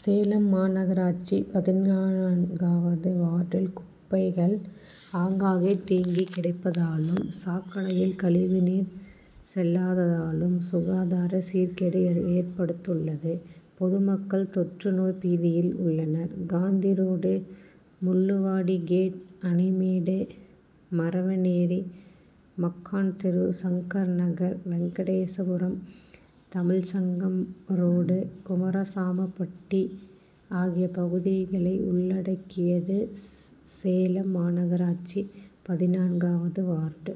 சேலம் மாநகராட்சி பதினான்காவது வார்டில் குப்பைகள் ஆங்காங்கே தேங்கி கிடப்பதாலும், சாக்கடையில் கழிவு நீர் செல்லாததாலும் சுகாதார சீர்கேடு ஏற்பட்டுள்ளது. பொதுமக்கள் தொற்று நோய் பீதியில் உள்ளனர். காந்தி ரோடு, முள்ளுவாடிகேட், அணைமேடு, மரவனேரி, மக்கான் தெரு, சங்கர் நகர், வெங்கடேச புரம், தமிழ்ச்சங்கம் ரோடு, குமாரசாமிப்பட்டி ஆகிய பகுதிகளை உள்ளடக்கியது சேலம் மாநாகராட்சி பதினான்காவது வார்டு.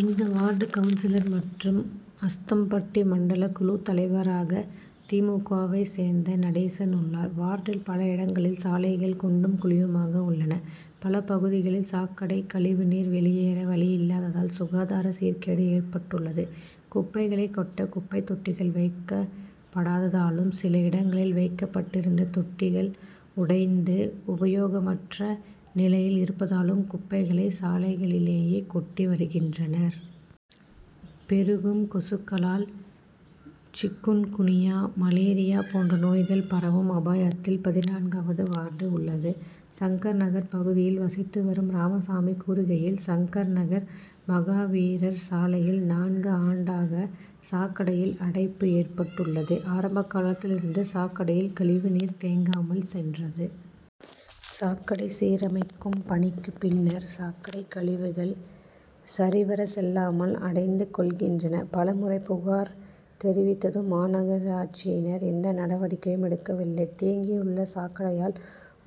இந்த வார்டு கவுன்சிலர் மற்றும் அஸ்தம்பட்டி மண்டல குழு தலைவராக தி. மு. க.,வைச் சேர்ந்த நடேசன் உள்ளார். வார்டில் பல இடங்களில் சாலைகள் குண்டும், குழியுமாக உள்ளன. பல பகுதிகளில் சாக்கடை கழிவு நீர் வெளியேற வழியில்லாததால், சுகாதார சீர்கேடு ஏற்பட்டுள்ளது. குப்பைகளை கொட்ட குப்பை தொட்டிகள் வைக்கப்படாததாலும், சில இடங்களில் வைக்கப்பட்டிருந்த தொட்டிகள் உடைந்து, உபயோகமற்ற நிலையில் இருப்பதாலும் குப்பைகளை சாலைகளிலேயே கொட்டி வருகின்றனர். பெருகும் கொசுக்களால் சிக்குன்குனியா, மலேரியா போன்ற நோய்கள் பரவும் அபாயத்தில் பதினான்காவது வார்டு உள்ளது. சங்கர் நகர் பகுதியில் வசித்து வரும் ராமசாமி கூறுகையில், சங்கர் நகர் மகாவீர் சாலையில் நான்கு ஆண்டாக சாக்கடையில் அடைப்பு ஏற்பட்டுள்ளது. ஆரம்ப காலத்தில் இருந்த சாக்கடையில் கழிவு நீர் தேங்காமல் சென்றது. சாக்கடை சீரமைக்கும் பணிக்கு பின்னர் சாக்கடை கழிவுகள் சரிவர செல்லாமல் அடைத்து கொள்கின்றன. பல முறை புகார் தெரிவித்தும் மாநகராட்சியினர் எந்த நடவடிக்கையும் எடுக்கவில்லை. தேங்கி உள்ள சாக்கடையால்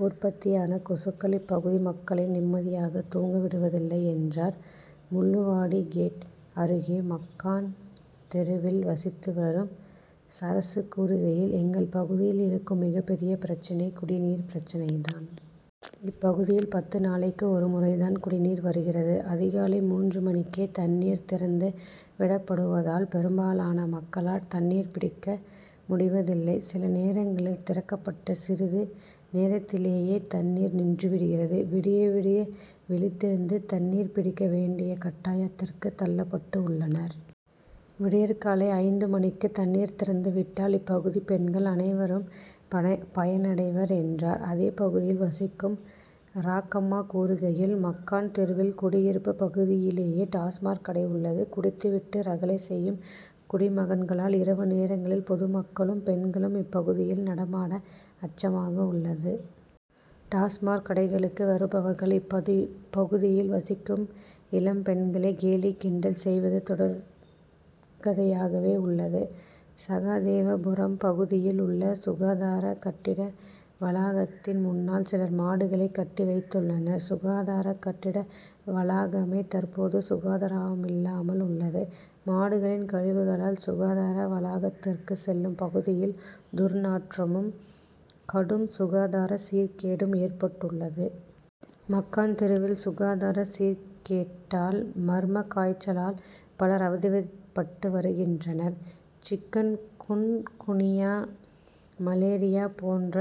உற்பத்தியான கொசுக்கள் இப்பகுதி மக்களை நிம்மதியாக தூங்க விடுவதில்லை,'' என்றார். முள்ளுவாடி கேட் அருகே மக்கான் தெருவில் வசித்து வரும் சரசு கூறுகையில், ""எங்கள் பகுதியில் இருக்கும் மிகப்பெரிய பிரச்னை குடிநீர் பிரச்னை தான். இப்பகுதியில் பத்து நாளைக்கு ஒரு முறை தான் குடிநீர் வருகிறது. அதிகாலை மூன்று மணிக்கே தண்ணீர் திறந்து விடப்படுவதால், பெரும்பாலான மக்களால் தண்ணீர் பிடிக்க முடிவதில்லை. சில நேரங்களில் திறக்கப்பட்ட சிறிது நேரத்திலேயே தண்ணீர் நின்றுவிடுகிறது. விடிய, விடிய விழித்திருந்து தண்ணீர் பிடிக்க வேண்டிய கட்டாயத்திற்கு தள்ளப்பட்டு உள்ளனர். விடியற்காலை ஐந்து மணிக்கு தண்ணீர் திறந்து விட்டால் இப்பகுதி பெண்கள் அனைவரும் பயனடைவர், என்றார். அதே பகுதியில் வசிக்கும் ராக்கம்மா கூறுகையில், மக்கான் தெருவில் குடியிருப்பு பகுதிகளிலேயே டாஸ்மாக் கடை உள்ளது. குடித்து விட்டு ரகளை செய்யும் "குடி'மகன்களால் இரவு நேரங்களில் பொதுமக்களும், பெண்களும் இப்பகுதியில் நடமாட அச்சமாக உள்ளது. டாஸ்மாக் கடைகளுக்கு வருபவர்கள் இப்பகுதியில் வசிக்கும் இளம்பெண்களை கேலி, கிண்டல் செய்வது தொடர்கதையாகவே உள்ளது. சகாதேவபுரம் பகுதியில் உள்ள சுகாதார கட்டிட வளாகத்தின் முன்னால் சிலர் மாடுகளை கட்டி வைத்துள்ளனர். சுகாதார கட்டிட வளாகமே தற்போது சுகாதாரமில்லாமல் உள்ளது. மாடுகளின் கழிவுகளால் சுகாதார வளாகத்திற்கு செல்லும் பகுதியில் துர்நாற்றமும், கடும் சுகாதார சீர்கேடும் ஏற்பட்டுள்ளது. மக்கான் தெருவில் சுகாதார சீர்கேட்டால், மர்ம காய்ச்சலால் பலர் அவதிப்பட்டு வருகின்றனர். சிக்குன் குனியா, மலேரியா போன்ற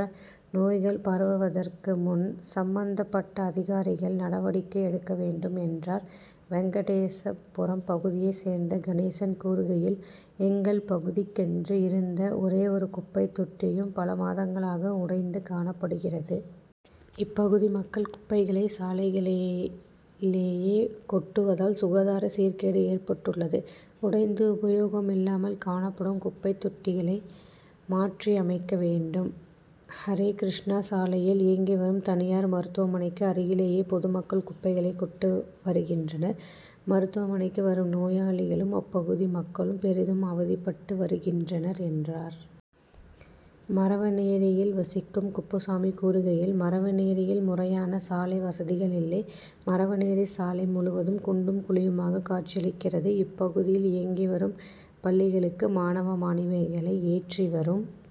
நோய்கள் பரவுவதற்கு முன், சம்மபந்தப்பட்ட அதிகாரிகள் நடவடிக்கை எடுக்க வேண்டும், என்றார். வெங்கடேசபுரம் பகுதியைச் சேர்ந்த கணேசன் கூறுகையில், எங்கள் பகுதிக்கென்று இருந்த ஒரேயொரு குப்பைத் தொட்டியும் பல மாதங்களாக உடைந்து காணப்படுகிறது. இப்பகுதி மக்கள் குப்பைகளை சாலைகளிலேயே கொட்டுவதால், சுகாதார சீர்கேடு ஏற்பட்டுள்ளது. உடைந்து உபயோகமில்லாமல் காணப்படும் குப்பைத்தொட்டிகளை மாற்றியமைக்க வேண்டும். ""ஹரே கிருஷ்ண சாலையில் இயங்கி வரும் தனியார் மருத்துவமனைக்கு அருகிலேயே பொதுமக்கள் குப்பைகளை கொட்டி வருகின்றனர். மருத்துவமனைக்கு வரும் நோயாளிகளும், அப்பகுதி மக்களும் பெரிதும் அவதிப்பட்டு வருகின்றனர்,'' என்றார். மரவனேரியில் வசிக்கும் குப்புசாமி கூறுகையில், ""மரவனேரியில் முறையான சாலை வசதிகள் இல்லை. மரவனேரி சாலை முழுவதும் குண்டும் குழியுமாக காட்சியளிக்கிறது. இப்பகுதியில் இயங்கி வரும் பள்ளிகளுக்கு மாணவ, மாணவிகளை ஏற்றி வரும்